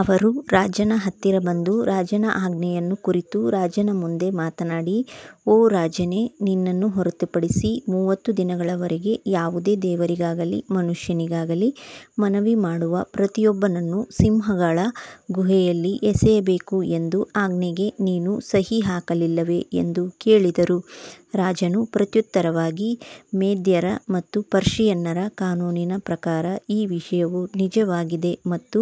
ಅವರು ಹತ್ತಿರ ಬಂದು ರಾಜನ ಆಜ್ಞೆಯನ್ನು ಕುರಿತು ರಾಜನ ಮುಂದೆ ಮಾತನಾಡಿ, ಓ ರಾಜನೇ, ನಿನ್ನನ್ನು ಹೊರತುಪಡಿಸಿ ಮೂವತ್ತು ದಿನಗಳವರೆಗೆ ಯಾವುದೇ ದೇವರಿಗಾಗಲಿ ಮನುಷ್ಯನಿಗಾಗಲಿ ಮನವಿ ಮಾಡುವ ಪ್ರತಿಯೊಬ್ಬನನ್ನೂ ಸಿಂಹಗಳ ಗುಹೆಯಲ್ಲಿ ಎಸೆಯಬೇಕು ಎಂಬ ಆಜ್ಞೆಗೆ ನೀನು ಸಹಿ ಹಾಕಲಿಲ್ಲವೇ ಎಂದು ಕೇಳಿದರು. ರಾಜನು ಪ್ರತ್ಯುತ್ತರವಾಗಿ, ಮೇದ್ಯರ ಮತ್ತು ಪರ್ಷಿಯನ್ನರ ಕಾನೂನಿನ ಪ್ರಕಾರ ಈ ವಿಷಯವು ನಿಜವಾಗಿದೆ ಮತ್ತು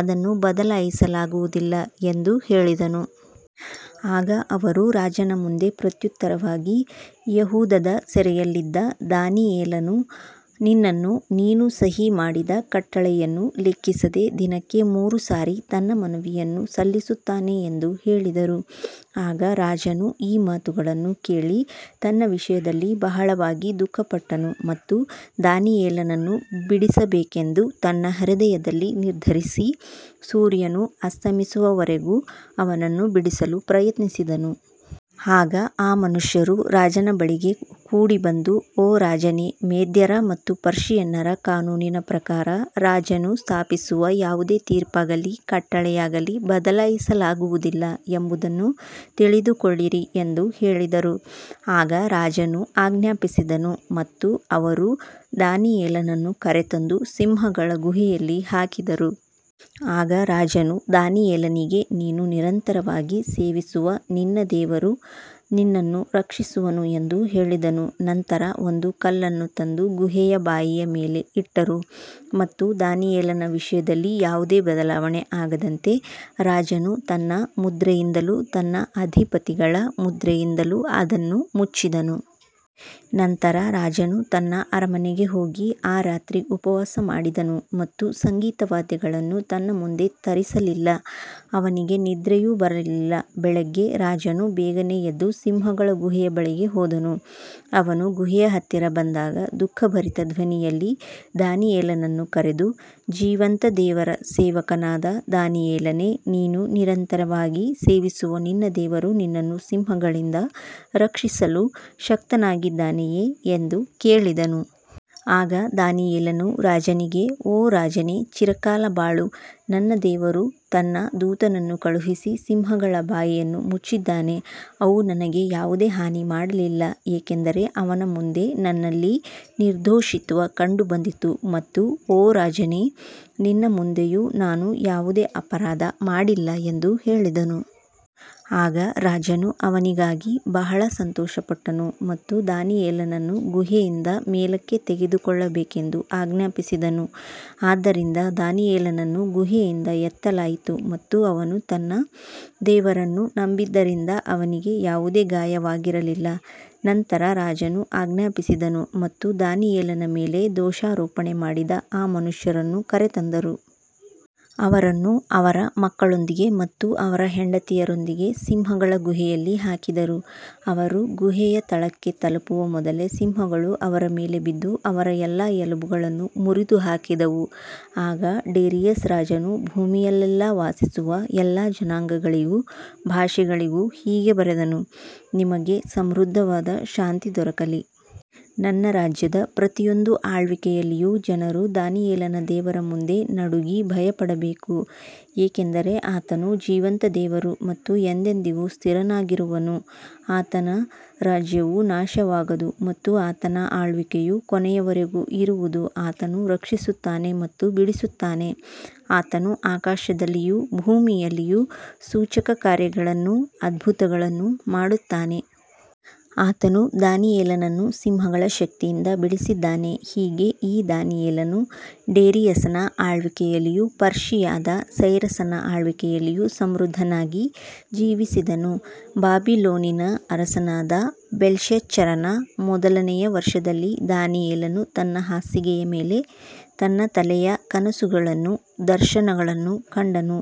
ಅದನ್ನು ಬದಲಾಯಿಸಲಾಗುವುದಿಲ್ಲ ಎಂದು ಹೇಳಿದನು. ಆಗ ಅವರು ರಾಜನ ಮುಂದೆ ಪ್ರತ್ಯುತ್ತರವಾಗಿ, ಯೆಹೂದದ ಸೆರೆಯಲ್ಲಿದ್ದ ದಾನಿಯೇಲನು ನಿನ್ನನ್ನೂ ನೀನು ಸಹಿ ಮಾಡಿದ ಕಟ್ಟಳೆಯನ್ನೂ ಲೆಕ್ಕಿಸದೆ ದಿನಕ್ಕೆ ಮೂರು ಸಾರಿ ತನ್ನ ಮನವಿಯನ್ನು ಸಲ್ಲಿಸುತ್ತಾನೆ ಎಂದು ಹೇಳಿದರು. ಆಗ ರಾಜನು ಈ ಮಾತುಗಳನ್ನು ಕೇಳಿ ತನ್ನ ವಿಷಯದಲ್ಲಿ ಬಹಳವಾಗಿ ದುಃಖಪಟ್ಟನು ಮತ್ತು ದಾನಿಯೇಲನನ್ನು ಬಿಡಿಸಬೇಕೆಂದು ತನ್ನ ಹೃದಯದಲ್ಲಿ ನಿರ್ಧರಿಸಿ, ಸೂರ್ಯನು ಅಸ್ತಮಿಸುವವರೆಗೂ ಅವನನ್ನು ಬಿಡಿಸಲು ಪ್ರಯತ್ನಿಸಿದನು. ಆಗ ಆ ಮನುಷ್ಯರು ರಾಜನ ಬಳಿಗೆ ಕೂಡಿಬಂದು, ಓ ರಾಜನೇ, ಮೇದ್ಯರ ಮತ್ತು ಪರ್ಷಿಯನ್ನರ ಕಾನೂನಿನ ಪ್ರಕಾರ ರಾಜನು ಸ್ಥಾಪಿಸುವ ಯಾವುದೇ ತೀರ್ಪಾಗಲಿ ಕಟ್ಟಳೆಯಾಗಲಿ ಬದಲಾಯಿಸಲಾಗುವುದಿಲ್ಲ ಎಂಬುದನ್ನು ತಿಳಿದುಕೊಳ್ಳಿರಿ ಎಂದು ಹೇಳಿದರು. ಆಗ ರಾಜನು ಆಜ್ಞಾಪಿಸಿದನು ಮತ್ತು ಅವರು ದಾನಿಯೇಲನನ್ನು ಕರೆತಂದು ಸಿಂಹಗಳ ಗುಹೆಯಲ್ಲಿ ಹಾಕಿದರು. ಆಗ ರಾಜನು ದಾನಿಯೇಲನಿಗೆ, ನೀನು ನಿರಂತರವಾಗಿ ಸೇವಿಸುವ ನಿನ್ನ ದೇವರು ನಿನ್ನನ್ನು ರಕ್ಷಿಸುವನು ಎಂದು ಹೇಳಿದನು. ನಂತರ ಒಂದು ಕಲ್ಲನ್ನು ತಂದು ಗುಹೆಯ ಬಾಯಿಯ ಮೇಲೆ ಇಟ್ಟರು ಮತ್ತು ದಾನಿಯೇಲನ ವಿಷಯದಲ್ಲಿ ಯಾವುದೇ ಬದಲಾವಣೆ ಆಗದಂತೆ ರಾಜನು ತನ್ನ ಮುದ್ರೆಯಿಂದಲೂ ತನ್ನ ಅಧಿಪತಿಗಳ ಮುದ್ರೆಯಿಂದಲೂ ಅದನ್ನು ಮುಚ್ಚಿದನು. ನಂತರ ರಾಜನು ತನ್ನ ಅರಮನೆಗೆ ಹೋಗಿ ಆ ರಾತ್ರಿ ಉಪವಾಸ ಮಾಡಿದನು ಮತ್ತು ಸಂಗೀತ ವಾದ್ಯಗಳನ್ನು ತನ್ನ ಮುಂದೆ ತರಿಸಲಿಲ್ಲ, ಅವನಿಗೆ ನಿದ್ರೆಯೂ ಬರಲಿಲ್ಲ. ಬೆಳಿಗ್ಗೆ ರಾಜನು ಬೇಗನೆ ಎದ್ದು ಸಿಂಹಗಳ ಗುಹೆಯ ಬಳಿಗೆ ಹೋದನು. ಅವನು ಗುಹೆಯ ಹತ್ತಿರ ಬಂದಾಗ ದುಃಖಭರಿತ ಧ್ವನಿಯಲ್ಲಿ ದಾನಿಯೇಲನನ್ನು ಕರೆದು, ಜೀವಂತ ದೇವರ ಸೇವಕನಾದ ದಾನಿಯೇಲನೇ, ನೀನು ನಿರಂತರವಾಗಿ ಸೇವಿಸುವ ನಿನ್ನ ದೇವರು ನಿನ್ನನ್ನು ಸಿಂಹಗಳಿಂದ ರಕ್ಷಿಸಲು ಶಕ್ತನಾಗಿದ್ದಾನೆಯೇ ಎಂದು ಕೇಳಿದನು. ಆಗ ದಾನಿಯೇಲನು ರಾಜನಿಗೆ, ಓ ರಾಜನೇ, ಚಿರಕಾಲ ಬಾಳು. ನನ್ನ ದೇವರು ತನ್ನ ದೂತನನ್ನು ಕಳುಹಿಸಿ ಸಿಂಹಗಳ ಬಾಯಿಯನ್ನು ಮುಚ್ಚಿದ್ದಾನೆ. ಅವು ನನಗೆ ಯಾವುದೇ ಹಾನಿ ಮಾಡಲಿಲ್ಲ, ಏಕೆಂದರೆ ಅವನ ಮುಂದೆ ನನ್ನಲ್ಲಿ ನಿರ್ದೋಷಿತ್ವ ಕಂಡುಬಂದಿತು ಮತ್ತು ಓ ರಾಜನೇ, ನಿನ್ನ ಮುಂದೆಯೂ ನಾನು ಯಾವುದೇ ಅಪರಾಧ ಮಾಡಿಲ್ಲ ಎಂದು ಹೇಳಿದನು. ಆಗ ರಾಜನು ಅವನಿಗಾಗಿ ಬಹಳ ಸಂತೋಷಪಟ್ಟನು ಮತ್ತು ದಾನಿಯೇಲನನ್ನು ಗುಹೆಯಿಂದ ಮೇಲಕ್ಕೆ ತೆಗೆದುಕೊಳ್ಳಬೇಕೆಂದು ಆಜ್ಞಾಪಿಸಿದನು. ಆದ್ದರಿಂದ ದಾನಿಯೇಲನನ್ನು ಗುಹೆಯಿಂದ ಎತ್ತಲಾಯಿತು ಮತ್ತು ಅವನು ತನ್ನ ದೇವರನ್ನು ನಂಬಿದ್ದರಿಂದ ಅವನಿಗೆ ಯಾವುದೇ ಗಾಯವಾಗಿರಲಿಲ್ಲ. ನಂತರ ರಾಜನು ಆಜ್ಞಾಪಿಸಿದನು ಮತ್ತು ದಾನಿಯೇಲನ ಮೇಲೆ ದೋಷಾರೋಪಣೆ ಮಾಡಿದ ಆ ಮನುಷ್ಯರನ್ನು ಕರೆತಂದರು. ಅವರನ್ನು ಅವರ ಮಕ್ಕಳೊಂದಿಗೆ ಮತ್ತು ಅವರ ಹೆಂಡತಿಯರೊಂದಿಗೆ ಸಿಂಹಗಳ ಗುಹೆಯಲ್ಲಿ ಹಾಕಿದರು. ಅವರು ಗುಹೆಯ ತಳಕ್ಕೆ ತಲುಪುವ ಮೊದಲೇ ಸಿಂಹಗಳು ಅವರ ಮೇಲೆ ಬಿದ್ದು ಅವರ ಎಲ್ಲಾ ಎಲುಬುಗಳನ್ನು ಮುರಿದುಹಾಕಿದವು. ಆಗ ಡೇರಿಯಸ್ ರಾಜನು ಭೂಮಿಯಲ್ಲೆಲ್ಲಾ ವಾಸಿಸುವ ಎಲ್ಲಾ ಜನಾಂಗಗಳಿಗೂ ಭಾಷೆಗಳಿಗೂ ಹೀಗೆ ಬರೆದನು, ನಿಮಗೆ ಸಮೃದ್ಧವಾದ ಶಾಂತಿ ದೊರಕಲಿ. ನನ್ನ ರಾಜ್ಯದ ಪ್ರತಿಯೊಂದು ಆಳ್ವಿಕೆಯಲ್ಲಿಯೂ ಜನರು ದಾನಿಯೇಲನ ದೇವರ ಮುಂದೆ ನಡುಗಿ ಭಯಪಡಬೇಕು, ಏಕೆಂದರೆ ಆತನು ಜೀವಂತ ದೇವರು ಮತ್ತು ಎಂದೆಂದಿಗೂ ಸ್ಥಿರನಾಗಿರುವನು, ಆತನ ರಾಜ್ಯವು ನಾಶವಾಗದು ಮತ್ತು ಆತನ ಆಳ್ವಿಕೆಯು ಕೊನೆಯವರೆಗೂ ಇರುವುದು. ಆತನು ರಕ್ಷಿಸುತ್ತಾನೆ ಮತ್ತು ಬಿಡಿಸುತ್ತಾನೆ, ಆತನು ಆಕಾಶದಲ್ಲಿಯೂ ಭೂಮಿಯಲ್ಲಿಯೂ ಸೂಚಕಕಾರ್ಯಗಳನ್ನೂ ಅದ್ಭುತಗಳನ್ನೂ ಮಾಡುತ್ತಾನೆ. ಆತನು ದಾನಿಯೇಲನನ್ನು ಸಿಂಹಗಳ ಶಕ್ತಿಯಿಂದ ಬಿಡಿಸಿದ್ದಾನೆ. ಹೀಗೆ ಈ ದಾನಿಯೇಲನು ಡೇರಿಯಸನ ಆಳ್ವಿಕೆಯಲ್ಲಿಯೂ ಪರ್ಷಿಯಾದ ಸೈರಸನ ಆಳ್ವಿಕೆಯಲ್ಲಿಯೂ ಸಮೃದ್ಧನಾಗಿ ಜೀವಿಸಿದನು. ಬಾಬಿಲೋನಿನ ಅರಸನಾದ ಬೆಲ್ಶಚ್ಚರನ ಮೊದಲನೆಯ ವರ್ಷದಲ್ಲಿ ದಾನಿಯೇಲನು ತನ್ನ ಹಾಸಿಗೆಯ ಮೇಲೆ ತನ್ನ ತಲೆಯ ಕನಸುಗಳನ್ನೂ ದರ್ಶನಗಳನ್ನೂ ಕಂಡನು.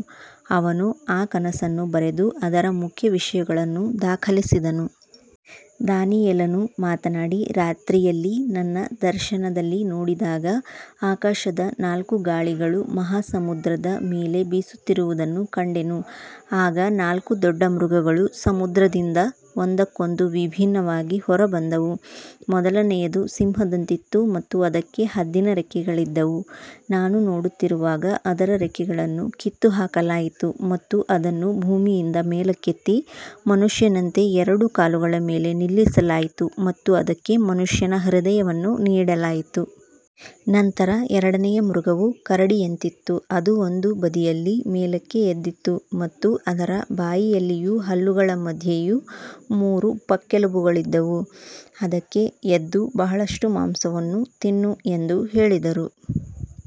ಅವನು ಆ ಕನಸನ್ನು ಬರೆದು ಅದರ ಮುಖ್ಯ ವಿಷಯಗಳನ್ನು ದಾಖಲಿಸಿದನು. ದಾನಿಯೇಲನು ಮಾತನಾಡಿ, ರಾತ್ರಿಯಲ್ಲಿ ನನ್ನ ದರ್ಶನದಲ್ಲಿ ನೋಡಿದಾಗ, ಆಕಾಶದ ನಾಲ್ಕು ಗಾಳಿಗಳು ಮಹಾ ಸಮುದ್ರದ ಮೇಲೆ ಬೀಸುತ್ತಿರುವುದನ್ನು ಕಂಡೆನು. ಆಗ ನಾಲ್ಕು ದೊಡ್ಡ ಮೃಗಗಳು ಸಮುದ್ರದಿಂದ ಒಂದಕ್ಕೊಂದು ವಿಭಿನ್ನವಾಗಿ ಹೊರಬಂದವು. ಮೊದಲನೆಯದು ಸಿಂಹದಂತಿತ್ತು ಮತ್ತು ಅದಕ್ಕೆ ಹದ್ದಿನ ರೆಕ್ಕೆಗಳಿದ್ದವು. ನಾನು ನೋಡುತ್ತಿರುವಾಗ ಅದರ ರೆಕ್ಕೆಗಳನ್ನು ಕಿತ್ತುಹಾಕಲಾಯಿತು ಮತ್ತು ಅದನ್ನು ಭೂಮಿಯಿಂದ ಮೇಲಕ್ಕೆತ್ತಿ ಮನುಷ್ಯನಂತೆ ಎರಡು ಕಾಲುಗಳ ಮೇಲೆ ನಿಲ್ಲಿಸಲಾಯಿತು ಮತ್ತು ಅದಕ್ಕೆ ಮನುಷ್ಯನ ಹೃದಯವನ್ನು ನೀಡಲಾಯಿತು. ನಂತರ ಎರಡನೆಯ ಮೃಗವು ಕರಡಿಯಂತಿತ್ತು. ಅದು ಒಂದು ಬದಿಯಲ್ಲಿ ಮೇಲಕ್ಕೆ ಎದ್ದಿತ್ತು ಮತ್ತು ಅದರ ಬಾಯಿಯಲ್ಲಿಯೂ ಹಲ್ಲುಗಳ ಮಧ್ಯೆಯೂ ಮೂರು ಪಕ್ಕೆಲುಬುಗಳಿದ್ದವು. ಅದಕ್ಕೆ, ಎದ್ದು ಬಹಳಷ್ಟು ಮಾಂಸವನ್ನು ತಿನ್ನು ಎಂದು ಹೇಳಿದರು.